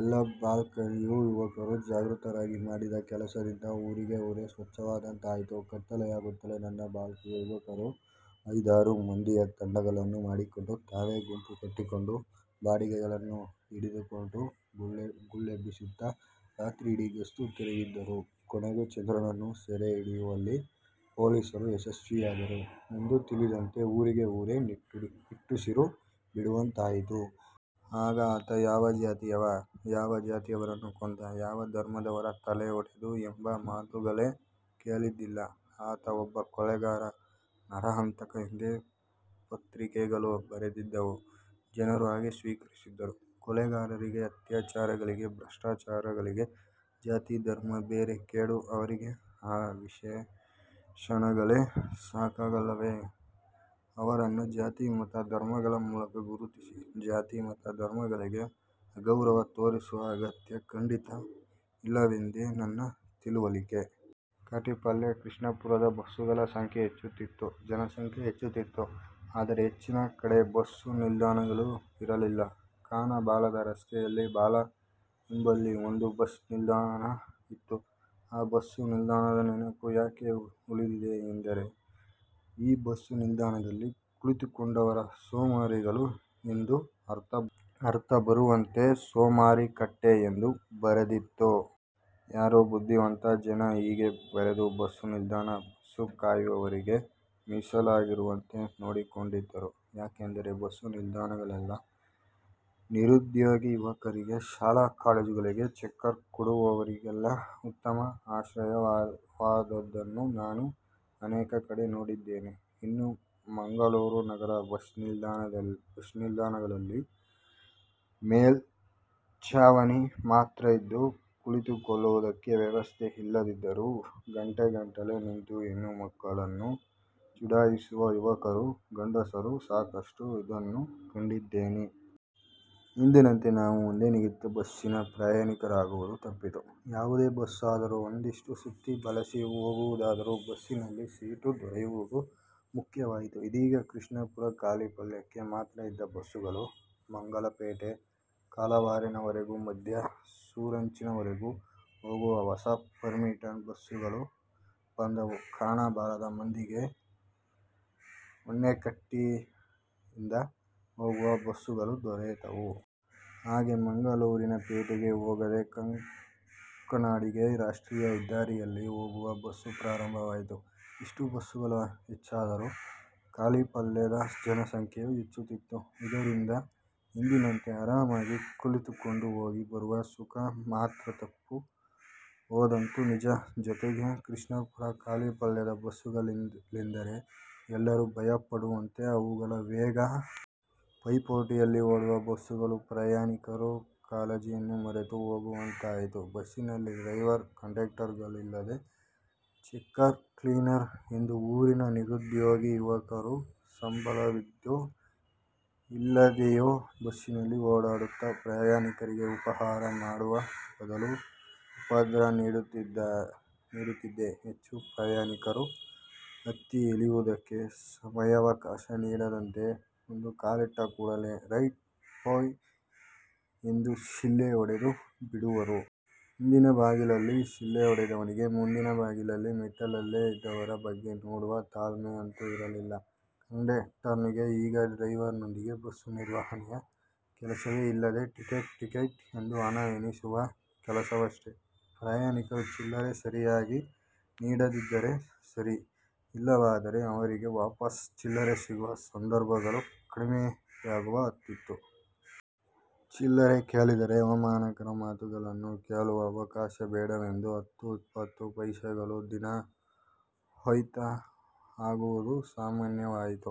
ಎಲ್ಲಾ ಬ್ಲಾಕ್ಗಳಲ್ಲಿಯೂ ಯುವಕರು ಜಾಗೃತರಾಗಿ ಮಾಡಿದ ಕೆಲಸದಿಂದ ಊರಿಗೇ ಊರೇ ಸ್ವಚ್ಛವಾದಂತಾಯಿತು. ಕತ್ತಲೆಯಾಗುತ್ತಲೇ ನನ್ನ ಬ್ಲಾಕಿನ ಯುವಕರು ಐದಾರು ಮಂದಿಯ ತಂಡಗಳನ್ನು ಮಾಡಿಕೊಂಡು ತಾವೇ ಗುಂಪು ಕಟ್ಟಿಕೊಂಡು ಬಡಿಗೆಗಳನ್ನು ಹಿಡಿದುಕೊಂಡು ಗುಲ್ಲೆಬ್ಬಿಸುತ್ತಾ ರಾತ್ರಿಯಿಡೀ ಗಸ್ತು ತಿರುಗುತ್ತಿದ್ದರು. ಕೊನೆಗೂ ಚಂದ್ರನ್ನನ್ನು ಸೆರೆ ಹಿಡಿಯುವಲ್ಲಿ ಪೊಲೀಸರು ಯಶಸ್ವಿಯಾದರು ಎಂದು ತಿಳಿದಂತೆ ಊರಿಗೇ ಊರೇ ನಿಟ್ಟುಸಿರು ಬಿಡುವಂತಾಯ್ತು. ಆಗ ಆತ ಯಾವ ಜಾತಿಯವ, ಯಾವ ಜಾತಿಯವರನ್ನು ಕೊಂದ, ಯಾವ ಧರ್ಮದವರ ತಲೆ ಒಡೆದ ಎಂಬ ಮಾತುಗಳೇ ಕೇಳಿದ್ದಿಲ್ಲ. ಆತ ಒಬ್ಬ ಕೊಲೆಗಾರ, ನರಹಂತಕ ಎಂದೇ ಪತ್ರಿಕೆಗಳು ಬರೆದಿದ್ದುವು. ಜನರೂ ಹಾಗೆಯೇ ಸ್ವೀಕರಿಸಿದ್ದರು. ಕೊಲೆಗಾರರಿಗೆ, ಅತ್ಯಾಚಾರಿಗಳಿಗೆ, ಭ್ರಷ್ಟಾಚಾರಿಗಳಿಗೆ ಜಾತಿ, ಧರ್ಮಗಳು ಬೇರೆ ಕೇಡು. ಅವರಿಗೆ ಆ ವಿಶೇಷಣಗಳೇ ಸಾಕಲ್ಲವೇ ಅವರನ್ನು ಜಾತಿ, ಮತ, ಧರ್ಮಗಳ ಮೂಲಕ ಗುರುತಿಸಿ ಜಾತಿ, ಮತ, ಧರ್ಮಗಳಿಗೆ ಅಗೌರವ ತೋರಿಸುವ ಅಗತ್ಯ ಖಂಡಿತ ಇಲ್ಲವೆಂದೇ ನನ್ನ ತಿಳುವಳಿಕೆ. ಕಾಟಿಪಳ್ಳ, ಕೃಷ್ಣಾಪುರದ ಬಸ್ಸುಗಳ ಸಂಖ್ಯೆ ಹೆಚ್ಚುತ್ತಿತ್ತು. ಜನಸಂಖ್ಯೆ ಹೆಚ್ಚುತ್ತಿತ್ತು. ಆದರೆ ಹೆಚ್ಚಿನ ಕಡೆ ಬಸ್ಸು ನಿಲ್ದಾಣಗಳು ಇರಲಿಲ್ಲ. ಕಾನ ಬಾಳದ ರಸ್ತೆಯಲ್ಲಿ ಬಾಳ ಎಂಬಲ್ಲಿ ಒಂದು ಬಸ್ ನಿಲ್ದಾಣ ಇತ್ತು. ಆ ಬಸ್ಸು ನಿಲ್ದಾಣದ ನೆನಪು ಯಾಕೆ ಉಳಿದಿದೆ ಎಂದರೆ ಈ ಬಸ್ಸು ನಿಲ್ದಾಣದಲ್ಲಿ ಕುಳಿತುಕೊಂಡವರು ಸೋಮಾರಿಗಳು ಎಂದು ಅರ್ಥ ಬರುವಂತೆ 'ಸೋಮಾರಿ ಕಟ್ಟೆ' ಎಂದು ಬರೆದಿತ್ತು. ಯಾರೋ ಬುದ್ಧಿವಂತ ಜನ ಹೀಗೆ ಬರೆದು ಬಸ್ಸು ನಿಲ್ದಾಣ ಬಸ್ಸು ಕಾಯುವವರಿಗೇ ಮೀಸಲಾಗಿರುವಂತೆ ನೋಡಿಕೊಂಡಿದ್ದರು. ಯಾಕೆಂದರೆ ಬಸ್ಸು ನಿಲ್ದಾಣಗಳೆಲ್ಲ ನಿರುದ್ಯೋಗಿ ಯುವಕರಿಗೆ, ಶಾಲಾ ಕಾಲೇಜುಗಳಿಗೆ ಚಕ್ಕರ್ ಕೊಡುವವರಿಗೆಲ್ಲ ಉತ್ತಮ ಆಶ್ರಯವಾದುದನ್ನು ನಾನು ಅನೇಕ ಕಡೆ ನೋಡಿದ್ದೇನೆ. ಇನ್ನು ಮಂಗಳೂರು ನಗರದ ಬಸ್ ನಿಲ್ದಾಣಗಳಲ್ಲಿ ಮೇಲ್ಛಾವಣಿ ಮಾತ್ರ ಇದ್ದು ಕುಳಿತುಕೊಳ್ಳುವುದಕ್ಕೆ ವ್ಯವಸ್ಥೆ ಇಲ್ಲದಿದ್ದರೂ ಗಂಟೆಗಟ್ಟಲೆ ನಿಂತು ಹೆಣ್ಣು ಮಕ್ಕಳನ್ನು ಚುಡಾಯಿಸುವ ಯುವಕರು, ಗಂಡಸರೂ ಸಾಕಷ್ಟು ಇದ್ದುದನ್ನು ಕಂಡಿದ್ದೇನೆ. ಹಿಂದಿನಂತೆ ನಾವು ಒಂದೇ ನಿಗದಿತ ಬಸ್ಸಿನ ಪ್ರಯಾಣಿಕರಾಗುವುದು ತಪ್ಪಿತು. ಯಾವುದೇ ಬಸ್ಸಾದರೂ ಒಂದಿಷ್ಟು ಸುತ್ತಿ ಬಳಸಿ ಹೋಗುವುದಾದರೂ ಬಸ್ಸಿನಲ್ಲಿ ಸೀಟು ದೊರೆಯುವುದು ಮುಖ್ಯವಾಯಿತು. ಇದೀಗ ಕೃಷ್ಣಾಪುರ, ಕಾಟಿಪಳ್ಳಕ್ಕೆ ಮಾತ್ರ ಇದ್ದ ಬಸ್ಸುಗಳು, ಮಂಗಳಪೇಟೆ, ಕಳವಾರಿನವರೆಗೂ, ಮದ್ಯ, ಸೂರಿಂಜೆವರೆಗೂ ಹೋಗುವ ಹೊಸ ಪರ್ಮಿಟ್ನ ಬಸ್ಸುಗಳು ಬಂದವು. ಕಾನ ಬಾಳದ ಮಂದಿಗೆ ಹೊನ್ನೆಕಟ್ಟೆಯಿಂದ ಹೋಗುವ ಬಸ್ಸುಗಳೂ ದೊರೆತವು. ಹಾಗೆಯೇ ಮಂಗಳೂರಿನ ಪೇಟೆಗೆ ಹೋಗದೆ ಕಂಕನಾಡಿಗೆ ರಾಷ್ಟ್ರೀಯ ಹೆದ್ದಾರಿಯಲ್ಲೇ ಹೋಗುವ ಬಸ್ಸು ಪ್ರಾರಂಭವಾಯಿತು. ಇಷ್ಟು ಬಸ್ಸುಗಳು ಹೆಚ್ಚಾದರೂ ಕಾಟಿಪಳ್ಳದ ಜನಸಂಖ್ಯೆಯೂ ಹೆಚ್ಚುತ್ತಿತ್ತು. ಇದರಿಂದಾಗಿ ಹಿಂದಿನಂತೆ ಆರಾಮಾಗಿ ಕುಳಿತುಕೊಂಡು ಹೋಗಿ ಬರುವ ಸುಖ ಮಾತ್ರ ತಪ್ಪಿ ಹೋದುದಂತೂ ನಿಜ. ಜೊತೆಗೆ ಕೃಷ್ಣಾಪುರ, ಕಾಟಿಪಳ್ಳದ ಬಸ್ಸುಗಳೆಂದರೆ ಎಲ್ಲರೂ ಭಯಪಡುವಂತೆ ಅವುಗಳ ವೇಗ. ಪೈಪೋಟಿಯಲ್ಲಿ ಓಡುವ ಬಸ್ಸುಗಳು ಪ್ರಯಾಣಿಕರ ಕಾಳಜಿಯನ್ನು ಮರೆತು ಹೋಗುವಂತಾಯಿತು. ಬಸ್ಸಿನಲ್ಲಿ ಡ್ರೈವರ್, ಕಂಡಕ್ಟರ್ಗಳಲ್ಲದೆ ಚೆಕ್ಕರ್, ಕ್ಲೀನರ್ ಎಂದು ಊರಿನ ನಿರುದ್ಯೋಗಿ ಯುವಕರು ಸಂಬಳವಿದ್ದೋ ಇಲ್ಲದೆಯೋ ಬಸ್ಸಿನಲ್ಲಿ ಓಡಾಡುತ್ತಾ ಪ್ರಯಾಣಿಕರಿಗೆ ಉಪಕಾರ ಮಾಡುವ ಬದಲು ಉಪದ್ರ ನೀಡುತ್ತಿದ್ದುದೇ ಹೆಚ್ಚು. ಪ್ರಯಾಣಿಕರು ಹತ್ತಿ ಇಳಿಯುವುದಕ್ಕೆ ಸಮಯಾವಕಾಶ ನೀಡದಂತೆ ಒಂದು ಕಾಲಿಟ್ಟ ಕೂಡಲೇ 'ರೈಟ್ ಪೋಯಿ' ಎಂದು ಸಿಳ್ಳೆ ಹೊಡೆದೇ ಬಿಡುವವರು. ಹಿಂದಿನ ಬಾಗಿಲಲ್ಲಿ ಸಿಳ್ಳೆ ಹೊಡೆದವನಿಗೆ ಮುಂದಿನ ಬಾಗಿಲಲ್ಲಿ ಮೆಟ್ಟಲಲ್ಲೇ ಇದ್ದವರ ಬಗ್ಗೆ ನೋಡುವ ತಾಳ್ಮೆ ಅಂತೂ ಇರಲಿಲ್ಲ. ಕಂಡಕ್ಟರ್ನಿಗೆ ಈಗ ಡ್ರೈವರ್ನೊಂದಿಗೆ ಬಸ್ಸು ನಿರ್ವಹಣೆಯ ಕೆಲಸವೇ ಇಲ್ಲದೆ ಟಿಕೆಟ್ ಟಿಕೆಟ್ ಎಂದು ಹಣ ಎಣಿಸುವ ಕೆಲಸವಷ್ಟೇ. ಪ್ರಯಾಣಿಕರು ಚಿಲ್ಲರೆ ಸರಿಯಾಗಿ ನೀಡಿದರೆ ಸರಿ. ಇಲ್ಲವಾದರೆ ಅವರಿಗೆ ವಾಪಸ್ ಚಿಲ್ಲರೆ ಸಿಗುವ ಸಂದರ್ಭಗಳು ಕಡಿಮೆಯಾಗ ಹತ್ತಿತ್ತು. ಚಿಲ್ಲರೆ ಕೇಳಿದರೆ ಅವಮಾನಕರ ಮಾತುಗಳನ್ನು ಕೇಳುವ ಅವಕಾಶ ಬೇಡವೆಂದು ಹತ್ತು, ಇಪ್ಪತ್ತು ಪೈಸೆಗಳು ದಿನಾ ಖೋತಾ ಆಗುವುದು ಸಾಮಾನ್ಯವಾಯ್ತು.